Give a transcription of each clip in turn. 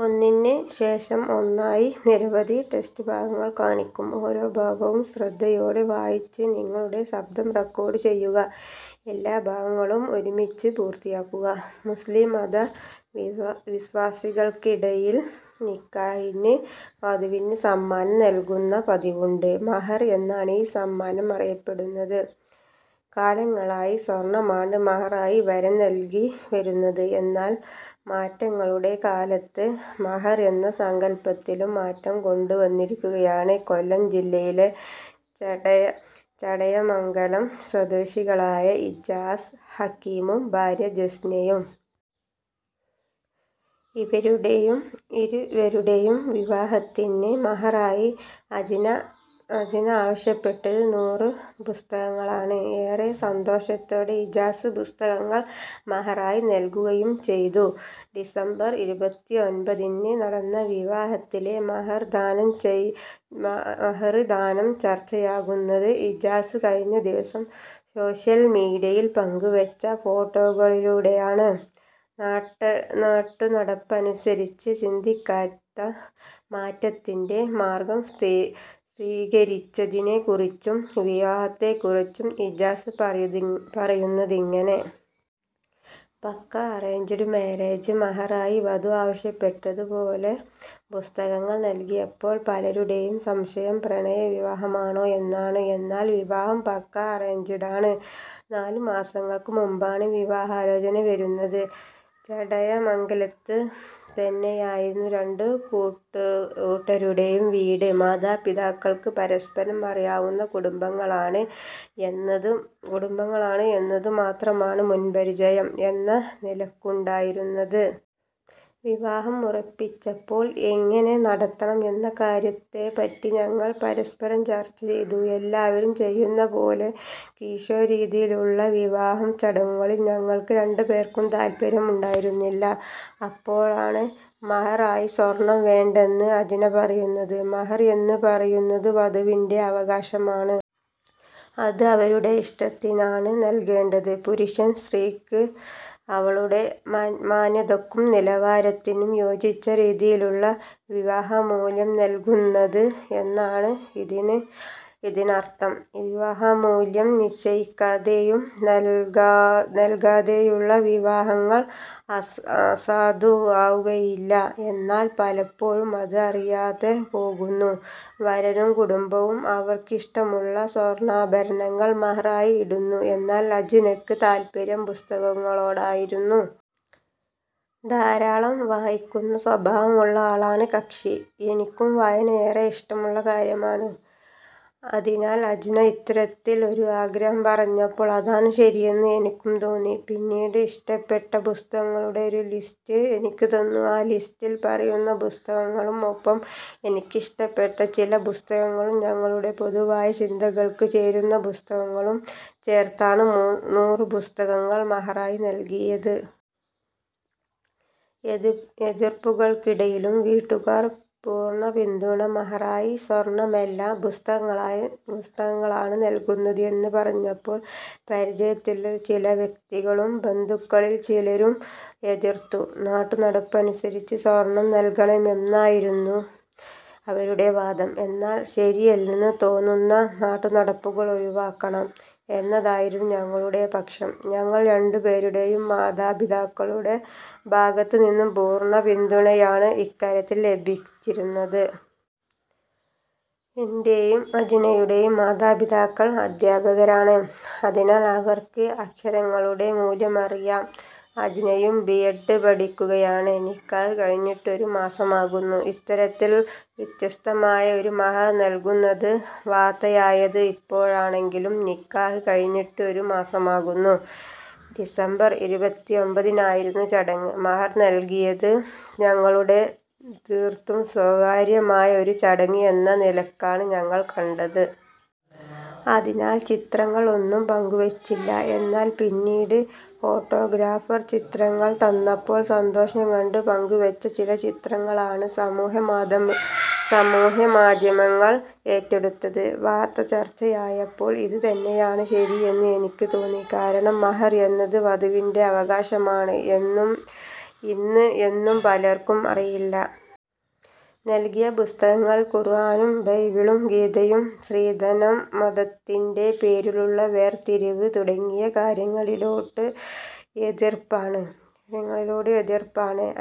മുസ്ലിം മത വിശ്വാസികൾക്കിടയിൽ നിക്കാഹിന് വധുവിന് സമ്മാനം നൽകുന്ന പതിവുണ്ട്. മഹർ എന്നാണ് ഈ സമ്മാനം അറിയപ്പെടുന്നത്. കാലങ്ങളായി സ്വർണമാണ് മഹറായി വരൻ നൽകി വരുന്നത്. എന്നാൽ മാറ്റങ്ങളുടെ കാലത്ത് മഹർ എന്ന സങ്കൽപ്പത്തിലും മാറ്റം കൊണ്ട് വന്നിരിക്കുകയാണ് കൊല്ലം ജില്ലയിലെ ചടയമംഗലം സ്വദേശികളായ ഇജാസ് ഹക്കിമും ഭാര്യ അജ്നയും. ഇരുവരുടെയും വിവാഹത്തിന് മഹാറായി അജ്ന ആവശ്യപ്പെട്ടത് നൂറ് പുസ്തകങ്ങളാണ്. ഏറെ സന്തോഷത്തോടെ ഇജാസ് പുസ്തകങ്ങൾ മഹാറായി നൽകുകയും ചെയ്തു. ഡിസംബർ ഇരുപത്തിഒമ്പത്തിന് നടന്ന വിവാഹത്തിലെ മഹർ ദാനം ചർച്ചയാകുന്നത് ഇജാസ് കഴിഞ്ഞ ദിവസം സോഷ്യൽ മീഡിയയിൽ പങ്കുവച്ച ഫോട്ടോകളിലൂടെയാണ്. നാട്ടുനടപ്പനുസരിച്ച് ചിന്തിക്കാതെ മാറ്റത്തിന്‍റെ മാർഗം സ്വീകരിച്ചതിനെക്കുറിച്ചും വിവാഹത്തെക്കുറിച്ചും ഇജാസ് പറയുന്ന പറയുന്നതിങ്ങനെ. പക്കാ അറേഞ്ച്ഡ് മാരേജ് .മഹറായി വധു ആവശ്യപ്പെട്ടത് പോലെ പുസ്തകങ്ങൾ നൽകിയപ്പോൾ പലരുടെയും സംശയം പ്രണയ വിവാഹമാണോ എന്നാണ്. എന്നാൽ വിവാഹം പക്കാ അറേഞ്ച്ഡ് ആണ്. നാല് മാസങ്ങൾക്ക് മുൻപാണ് വിവാഹാലോചന വരുന്നത്. ചടയമംഗലത്ത് തന്നെയായിരുന്നു രണ്ടു കൂട്ടരുടെയും വീട്. മാതാപിതാക്കൾക്ക് പരസ്പരം അറിയാവുന്ന കുടുംബങ്ങളാണ് എന്നത് മാത്രമാണ് മുൻപരിചയം എന്ന നിലക്കുണ്ടായിരുന്നത്. വിവാഹം ഉറപ്പിച്ചപ്പോൾ എങ്ങനെ നടത്തണം എന്ന കാര്യത്തെ പറ്റി ഞങ്ങൾ പരസ്പരം ചർച്ച ചെയ്തു. എല്ലാവരും ചെയ്യുന്ന പോലെ ക്ലീഷേ രീതിയിലുള്ള വിവാഹ ചടങ്ങുകളിൽ ഞങ്ങൾ രണ്ടുപേർക്കും താൽപര്യം ഉണ്ടായിരുന്നില്ല. അപ്പോഴാണ് മഹർ ആയി സ്വർണം വേണ്ടെന്ന് അജ്ന പറയുന്നത്. മഹർ എന്ന് പറയുന്നത് വധുവിന്‍റെ അവകാശമാണ്. അത് അവരുടെ ഇഷ്ടത്തിനാണ് നൽകേണ്ടത്. പുരുഷൻ സ്ത്രീക്ക് അവളുടെ മാന്യതക്കും നിലവാരത്തിനും യോജിച്ച രീതിയിലുള്ള വിവാഹമൂല്യം നൽകുന്നു എന്നാണ് ഇതിനർത്ഥം. വിവാഹമൂല്യം നിശ്ചയിക്കാതെയും നല്‍കാതെയുള്ള വിവാഹങ്ങള്‍ സാധുവാകുകയില്ല.. എന്നാൽ പലപ്പോഴും അത് അറിയാതെ പോകുന്നു. വരനും കുടുംബവും അവർക്കിഷ്ടമുള്ള സ്വർണാഭരണങ്ങൾ മഹറായി ഇടുന്നു. എന്നാൽ അജ്നക്ക് താൽപര്യം പുസ്തകങ്ങളോടായിരുന്നു. ധാരാളം വായിക്കുന്ന സ്വഭാവമുള്ള ആളാണ് കക്ഷി. എനിക്കും വായന ഏറെ ഇഷ്ടമുള്ള കാര്യമാണ്. അതിനാൽ അജ്ന ഇത്തരത്തിൽ ഒരു ആഗ്രഹം പറഞ്ഞപ്പോൾ, അതാണ് ശരിയെന്ന് എനിക്കും തോന്നി. പിന്നീട് ഇഷ്ടപ്പെട്ട പുസ്തകങ്ങളുടെ ഒരു ലിസ്റ്റ് എനിക്ക് തന്നു. ആ ലിസ്റ്റിൽ പറയുന്ന പുസ്തകങ്ങളും ഒപ്പം എനിക്കിഷ്ടപ്പെട്ട ചില പുസ്തകങ്ങളും ഞങ്ങളുടെ പൊതുവായ ചിന്തകൾക്ക് ചേരുന്ന പുസ്തകങ്ങളും ചേർത്താണ് നൂറ് പുസ്തകങ്ങൾ മഹാറായി നൽകിയത്. എതിർപ്പുകൾക്കിടയിലും വീട്ടുകാർ പൂർണ പിന്തുണ മഹറായി സ്വർണമല്ല പുസ്തകങ്ങളാണ് നൽകുന്നത് എന്ന് പറഞ്ഞപ്പോൾ പരിചയത്തിലുള്ള ചില വ്യക്തികളും ബന്ധുക്കളിൽ ചിലരും എതിർത്തു. നാട്ടുനടപ്പനുസരിച്ച് സ്വർണം നൽകണം എന്നായിരുന്നു അവരുടെ വാദം. എന്നാൽ ശരിയല്ലെന്ന് തോന്നുന്ന നാട്ടുനടപ്പുകൾ ഒഴിവാക്കണം എന്നതായിരുന്നു ഞങ്ങളുടെ പക്ഷം. ഞങ്ങൾ രണ്ടുപേരുടെയും മാതാപിതാക്കളുടെ ഭാഗത്ത് നിന്നും പൂർണ പിന്തുണയാണ് ഇക്കാര്യത്തിൽ ലഭിച്ചിരുന്നത്. എന്‍റെയും അജ്നയുടെയും മാതാപിതാക്കൾ അധ്യാപകരാണ്. അതിനാൽ അവർക്ക് അക്ഷരങ്ങളുടെ മൂല്യമറിയാം. അജ്നയും ബിഎഡ് പഠിക്കുകയാണ്. നിക്കാഹ് കഴിഞ്ഞിട്ട് ഒരു മാസമാകുന്നു ഇത്തരത്തിൽ വ്യത്യസ്തമായി ഒരു മഹർ നൽകുന്നത് വാർത്തയായത് ഇപ്പോഴാണെങ്കിലും നിക്കാഹ് കഴിഞ്ഞിട്ട് ഒരു മാസമാകുന്നു. ഡിസംബർ ഇരുപത്തിഒമ്പതിനായിരുന്നു ചടങ്ങ്. മഹർ നൽകിയത് ഞങ്ങളുടെ തീർത്തും സ്വകാര്യമായ ഒരു ചടങ്ങ് എന്ന നിലക്കാണ് ഞങ്ങൾ കണ്ടത്. അതിനാൽ ചിത്രങ്ങൾ ഒന്നും പങ്കുവച്ചില്ല. എന്നാൽ പിന്നീട് ഫോട്ടോഗ്രാഫർ ചിത്രങ്ങൾ തന്നപ്പോൾ, സന്തോഷം കൊണ്ട് പങ്കുവച്ച ചില ചിത്രങ്ങളാണ് സമൂഹമാധ്യമങ്ങൾ ഏറ്റെടുത്തത്. വാർത്ത ചർച്ചയായപ്പോൾ ഇത് തന്നെയാണ് ശരി എന്ന് എനിക്ക് തോന്നി. കാരണം മഹർ എന്നത് വധുവിന്‍റെ അവകാശമാണ് എന്ന് ഇന്നും പലർക്കും അറിയില്ല. നൽകിയ പുസ്തകങ്ങളിൽ ഖുറാനും ബൈബിളും ഗീതയും സ്ത്രീധനം, മതത്തിന്‍റെ പേരിലുള്ള വേർതിരിവ് തുടങ്ങിയ കാര്യങ്ങളിലോട് എതിർപ്പാണ്.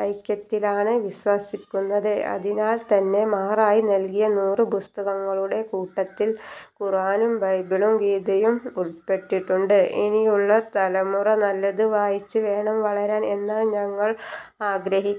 ഐക്യത്തിലാണ് വിശ്വസിക്കുന്നത്. അതിനാൽ തന്നെ മഹറായി നൽകിയ നൂറ് പുസ്തകങ്ങളുടെ കൂട്ടത്തിൽ ഖുറാനും ബൈബിളും ഗീതയും ഉൾപ്പെട്ടിട്ടുണ്ട്. ഇനിയുള്ള തലമുറ നല്ലത് വായിച്ച് വേണം വളരാൻ എന്നാണ് ഞങ്ങൾ ആഗ്രഹിക്ക.